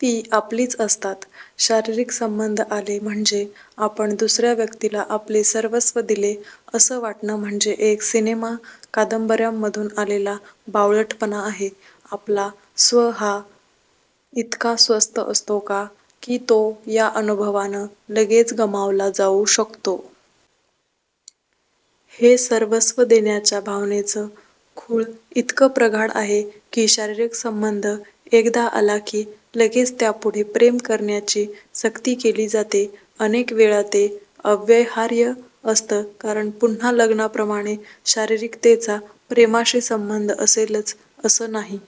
ती आपलीच असतात. शारीरिक संबंध आले म्हणजे आपण दुसऱ्या व्यक्तीला आपले सर्वस्व दिले असं वाटणं म्हणजे एक सिनेमा कादंबऱ्यांमधून आलेला बावळटपणा आहे. आपला स्व हा इतका स्वस्त असतो का, की तो या अनुभवानं लगेच गमावला जाऊ शकतो? हे सर्वस्व देण्याच्या भावनेचं खूळ इतकं प्रगाढ आहे की शारीरिक संबंध एकदा आला की लगेच त्यापुढे प्रेम करण्याची सक्ती केली जाते. अनेक वेळा ते अव्यवहार्य असतं कारण पुन्हा लग्नाप्रमाणे शारीरिकतेचा प्रेमाशी संबंध असेलच असं नाही.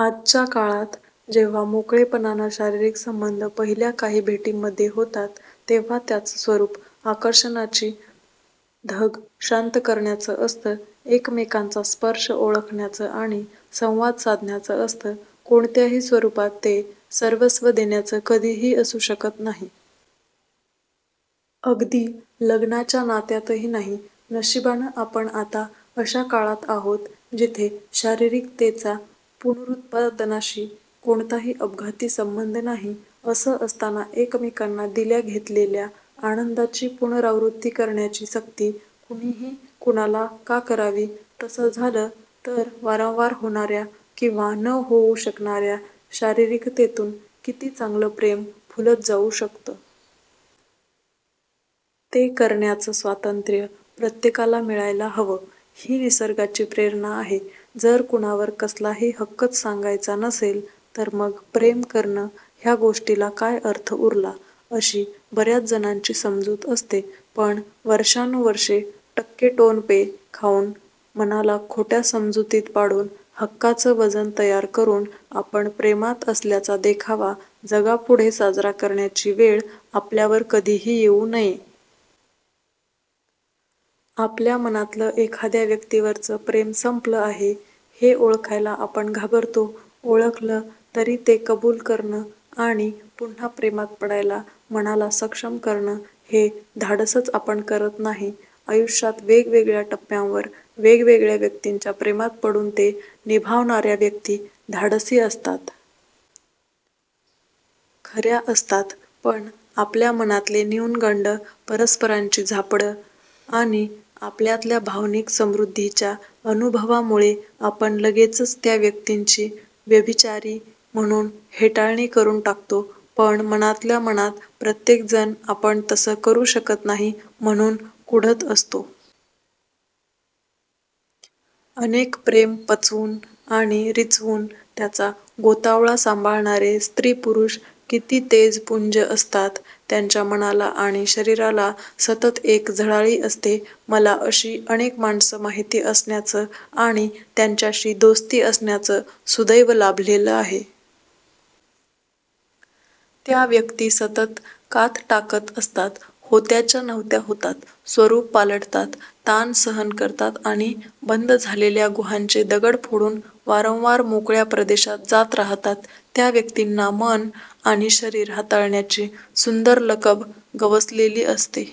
आजच्या काळात जेव्हा मोकळेपणानं शारीरिक संबंध पहिल्या काही भेटींमध्ये होतात तेव्हा त्याचं स्वरूप आकर्षणाची धग शांत करण्याचं असतं. एकमेकांचा स्पर्श ओळखण्याचं आणि संवाद साधण्याचं असतं. कोणत्याही स्वरूपात ते सर्वस्व देण्याचं कधीही असू शकत नाही. अगदी लग्नाच्या नात्यातही नाही. नशिबानं आपण आता अशा काळात आहोत जिथे शारीरिकतेचा पुनरुत्पादनाशी कोणताही अपघाती संबंध नाही. असं असताना एकमेकांना दिल्या घेतलेल्या आनंदाची पुनरावृत्ती करण्याची सक्ती कुणीही कुणाला का करावी? तसं झालं तर वारंवार होणार्या किंवा न होऊ शकणार्या शारीरिकतेतून किती चांगलं प्रेम फुलत जाऊ शकतं? ते करण्याचं स्वातंत्र्य प्रत्येकाला मिळायला हवं. ही निसर्गाची प्रेरणा आहे. जर कुणावर कसलाही हक्कच सांगायचा नसेल तर मग प्रेम करणं ह्या गोष्टीला काय अर्थ उरला, अशी बर्याच जणांची समजूत असते. पण वर्षानुवर्षं टक्केटोणपे खाऊन, मनाला खोट्या समजुतीत पाडून, हक्काचं वजन तयार करून आपण प्रेमात असल्याचा देखावा जगापुढे साजरा करण्याची वेळ आपल्यावर कधीही येऊ नये. आपल्या मनातलं एखाद्या व्यक्तीवरचं प्रेम संपलं आहे हे ओळखायला आपण घाबरतो. ओळखलं तरी ते कबूल करणं आणि पुन्हा प्रेमात पडायला मनाला सक्षम करणं हे धाडसच आपण करत नाही. आयुष्यात वेगवेगळ्या टप्प्यांवर वेगवेगळ्या व्यक्तींच्या प्रेमात पडून ते निभावणाऱ्या व्यक्ती धाडसी असतात. खऱ्या असतात. पण आपल्या मनातले न्यूनगंड, परस्परांची झापडं आणि आपल्यातल्या भावनिक समृद्धीच्या अनुभवामुळे आपण लगेचच त्या व्यक्तींची व्यभिचारी म्हणून हेटाळणी करून टाकतो. पण मनातल्या मनात प्रत्येकजण आपण तसं करू शकत नाही म्हणून कुढत असतो. अनेक प्रेमं पचवून आणि रिचवून त्याचा गोतावळा सांभाळणारे स्त्रीपुरुष किती तेजःपुंज असतात. त्यांच्या मनाला आणि शरीराला सतत एक झळाळी असते. मला अशी अनेक माणसं माहिती असण्याचं आणि त्यांच्याशी दोस्ती असण्याचं सुदैव लाभलेलं आहे. त्या व्यक्ती सतत कात टाकत असतात. होत्याच्या नव्हत्या होतात. स्वरूपं पालटतात. ताण सहन करतात आणि बंद झालेल्या गुहांचे दगड फोडून वारंवार मोकळ्या प्रदेशात जात राहतात. त्या व्यक्तींना मनं आणि शरीरं हाताळण्याची सुंदर लकब गवसलेली असते.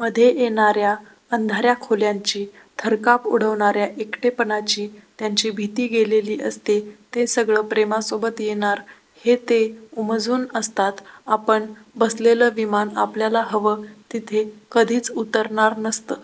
मध्ये येणाऱ्या अंधाऱ्या खोल्यांची, थरकाप उडवणाऱ्या एकटेपणाची त्यांची भीती गेलेली असते. ते सगळं प्रेमासोबत येणार हे ते उमजून असतात. आपण बसलेलं विमान आपल्याला हवं तिथे कधीच उतरणार नसतं.